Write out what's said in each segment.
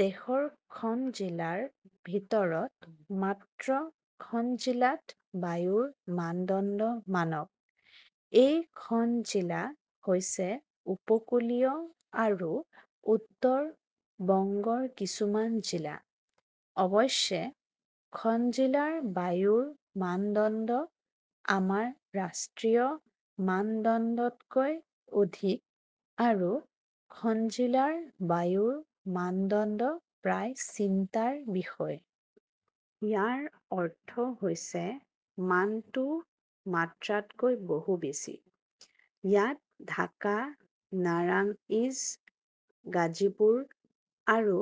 দেশৰ খন জিলাৰ ভিতৰত মাত্ৰ খন জিলাত বায়ুৰ মানদণ্ড মানক। এই খন জিলা হৈছে উপকূলীয় আৰু উত্তৰ বংগৰ কিছুমান জিলা। অৱশ্যে, খন জিলাৰ বায়ুৰ মানদণ্ড আমাৰ ৰাষ্ট্ৰীয় মানদণ্ডতকৈ অধিক আৰু খন জিলাৰ বায়ুৰ মানদণ্ড প্ৰায় চিন্তাৰ বিষয়। ইয়াৰ অৰ্থ হৈছে মানটো মাত্ৰাতকৈ বহু বেছি। ইয়াত ঢাকা, নাৰাংইজ, গাজীপুৰ আৰু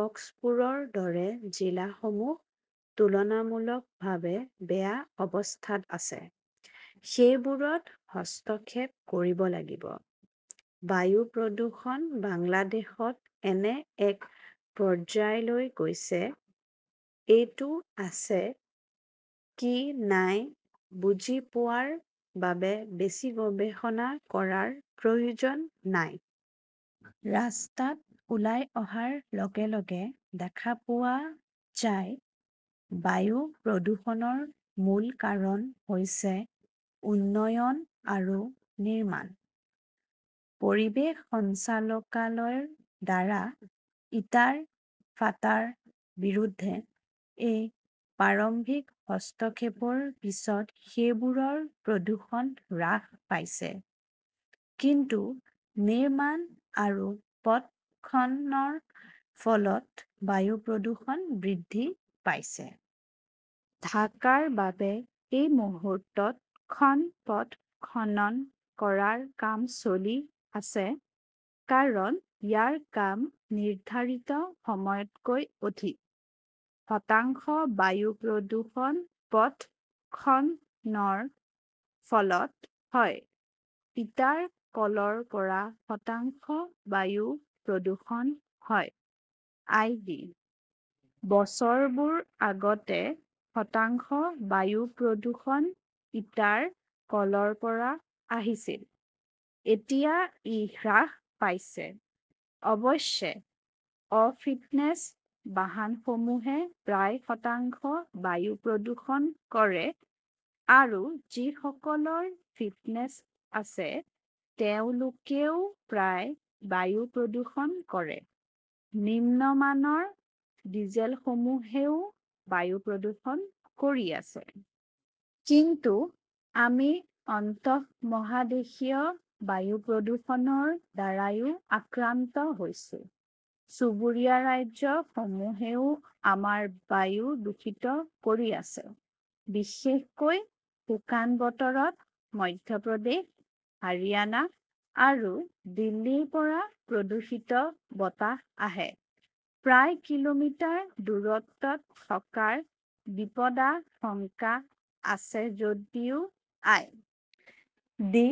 কক্সপুৰৰ দৰে জিলাসমূহ তুলনামূলকভাৱে বেয়া অৱস্থাত আছে। সেইবোৰত হস্তক্ষেপ কৰিব লাগিব। বায়ু প্ৰদূষণ বাংলাদেশত এনে এক পৰ্যায়লৈ গৈছে; এইটো আছে, কি নাই-বুজি পোৱাৰ বাবে বেছি গৱেষণা কৰাৰ প্ৰয়োজন নাই। ৰাস্তাত ওলাই অহাৰ লগে লগে দেখা পোৱা যায়। বায়ু প্ৰদূষণৰ মূল কাৰণ হৈছে উন্নয়ন আৰু নিৰ্মাণ। পৰিৱেশ সঞ্চালকালয়ৰ দ্বাৰা ইটাৰ ফাঁটৰ বিৰুদ্ধে এক প্ৰাৰম্ভিক হস্তক্ষেপৰ পিছত সেইবোৰৰ প্ৰদূষণ হ্ৰাস পাইছে। কিন্তু নিৰ্মাণ আৰু পথ খননৰ ফলত বায়ু প্ৰদূষণ বৃদ্ধি পাইছে। ঢাকাৰ বাবে এই মুহূৰ্তত খন পথ খনন কৰাৰ কাম চলি আছে কাৰণ ইয়াৰ কাম নিৰ্ধাৰিত সময়তকৈ অধিক। শতাংশ বায়ু প্ৰদূষণ পথ খননৰ ফলত হয়। ইটাৰ কলৰ পৰা শতাংশ বায়ু প্ৰদূষণ হয়। আই. ডি. বছৰবোৰ আগতে শতাংশ বায়ু প্ৰদূষণ ইটাৰ কলৰ পৰা আহিছিল। এতিয়া ই হ্ৰাস পাইছে। অৱশ্যে, অফিটনেছ বাহনসমূহে প্ৰায় শতাংশ বায়ু প্ৰদূষণ কৰে আৰু যিসকলৰ ফিটনেছ আছে তেওঁলোকেও প্ৰায় বায়ু প্ৰদূষণ কৰে। নিম্নমানৰ ডিজেলসমূহেও বায়ু প্ৰদূষণ কৰি আছে। কিন্তু আমি আন্তঃমহাদেশীয় বায়ু প্ৰদূষণৰ দ্বাৰাও আক্ৰান্ত হৈছো। চুবুৰীয়া ৰাজ্যসমূহেও আমাৰ বায়ু দূষিত কৰি আছে। বিশেষকৈ শুকান বতৰত মধ্য প্ৰদেশ, হাৰিয়ানা আৰু দিল্লীৰ পৰা প্ৰদূষিত বতাহ আহে। প্ৰায় কিলোমিটাৰ দূৰত্বত থকাৰ বিপদাশংকা আছে যদিও আই. ডি.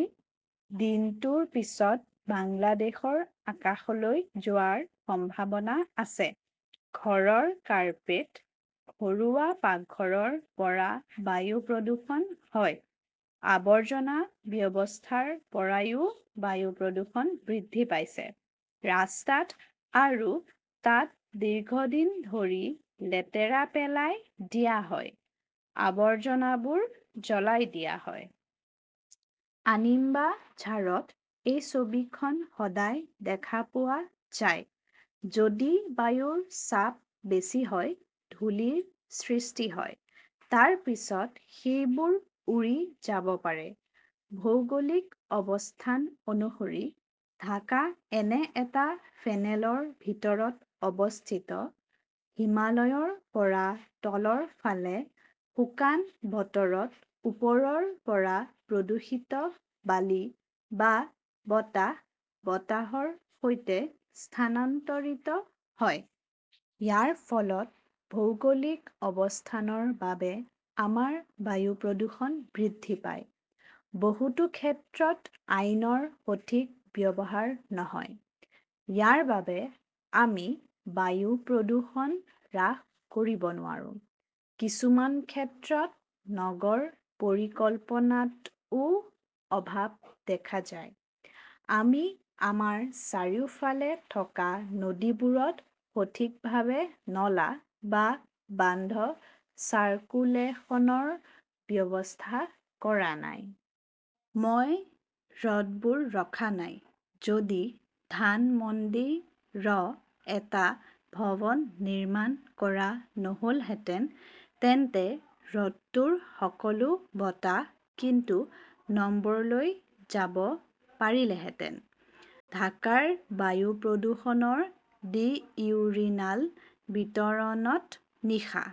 দিনটোৰ পিছত বাংলাদেশৰ আকাশলৈ যোৱাৰ সম্ভাৱনা আছে। ঘৰৰ কাৰ্পেট, ঘৰুৱা পাকঘৰৰ পৰা বায়ু প্ৰদূষণ হয়। আৱৰ্জনা ব্যৱস্থাৰ পৰাও বায়ু প্ৰদূষণ বৃদ্ধি পাইছে। ৰাস্তাত আৰু তাত দীৰ্ঘদিন ধৰি লেতেৰা পেলাই দিয়া হয়। আৱৰ্জনাবোৰ জ্বলাই দিয়া হয়। আমিনবাঝাৰত এই ছবিখন সদায় দেখা পোৱা যায়। যদি বায়ুৰ চাপ বেছি হয়, ধূলিৰ সৃষ্টি হয়। তাৰ পিছত সেইবোৰ উৰি যাব পাৰে। ভৌগোলিক অৱস্থান অনুসৰি, ঢাকা এনে এটা ফেনেলৰ ভিতৰত অৱস্থিত; হিমালয়ৰ পৰা তলৰ ফালে, শুকান বতৰত ওপৰৰ পৰা প্ৰদূষিত বালি বা বতাহ বতাহৰ সৈতে স্থানান্তৰিত হয়। ইয়াৰ ফলত ভৌগোলিক অৱস্থানৰ বাবে আমাৰ বায়ু প্ৰদূষণ বৃদ্ধি পায়। বহুতো ক্ষেত্ৰত আইনৰ সঠিক ব্যৱহাৰ নহয়। ইয়াৰ বাবে আমি বায়ু প্ৰদূষণ হ্ৰাস কৰিব নোৱাৰো। কিছুমান ক্ষেত্ৰত নগৰ পৰিকল্পনাতও অভাৱ দেখা যায়। আমি আমাৰ চাৰিওফালে থকা নদীবোৰত সঠিকভাৱে নলা বা বান্ধ চাৰ্কুলেশনৰ ব্যৱস্থা কৰা নাই। মই হ্ৰদবোৰ ৰখা নাই। যদি ধানমন্ডি ৰ এটা ভৱন নিৰ্মাণ কৰা নহলহেঁতেন, তেন্তে হ্ৰদটোৰ সকলো বতাহ কিন্তু নম্বৰলৈ যাব পাৰিলেহেঁতেন। ঢাকাৰ বায়ু প্ৰদূষণৰ ডিউৰিনাল বিতৰণত নিশা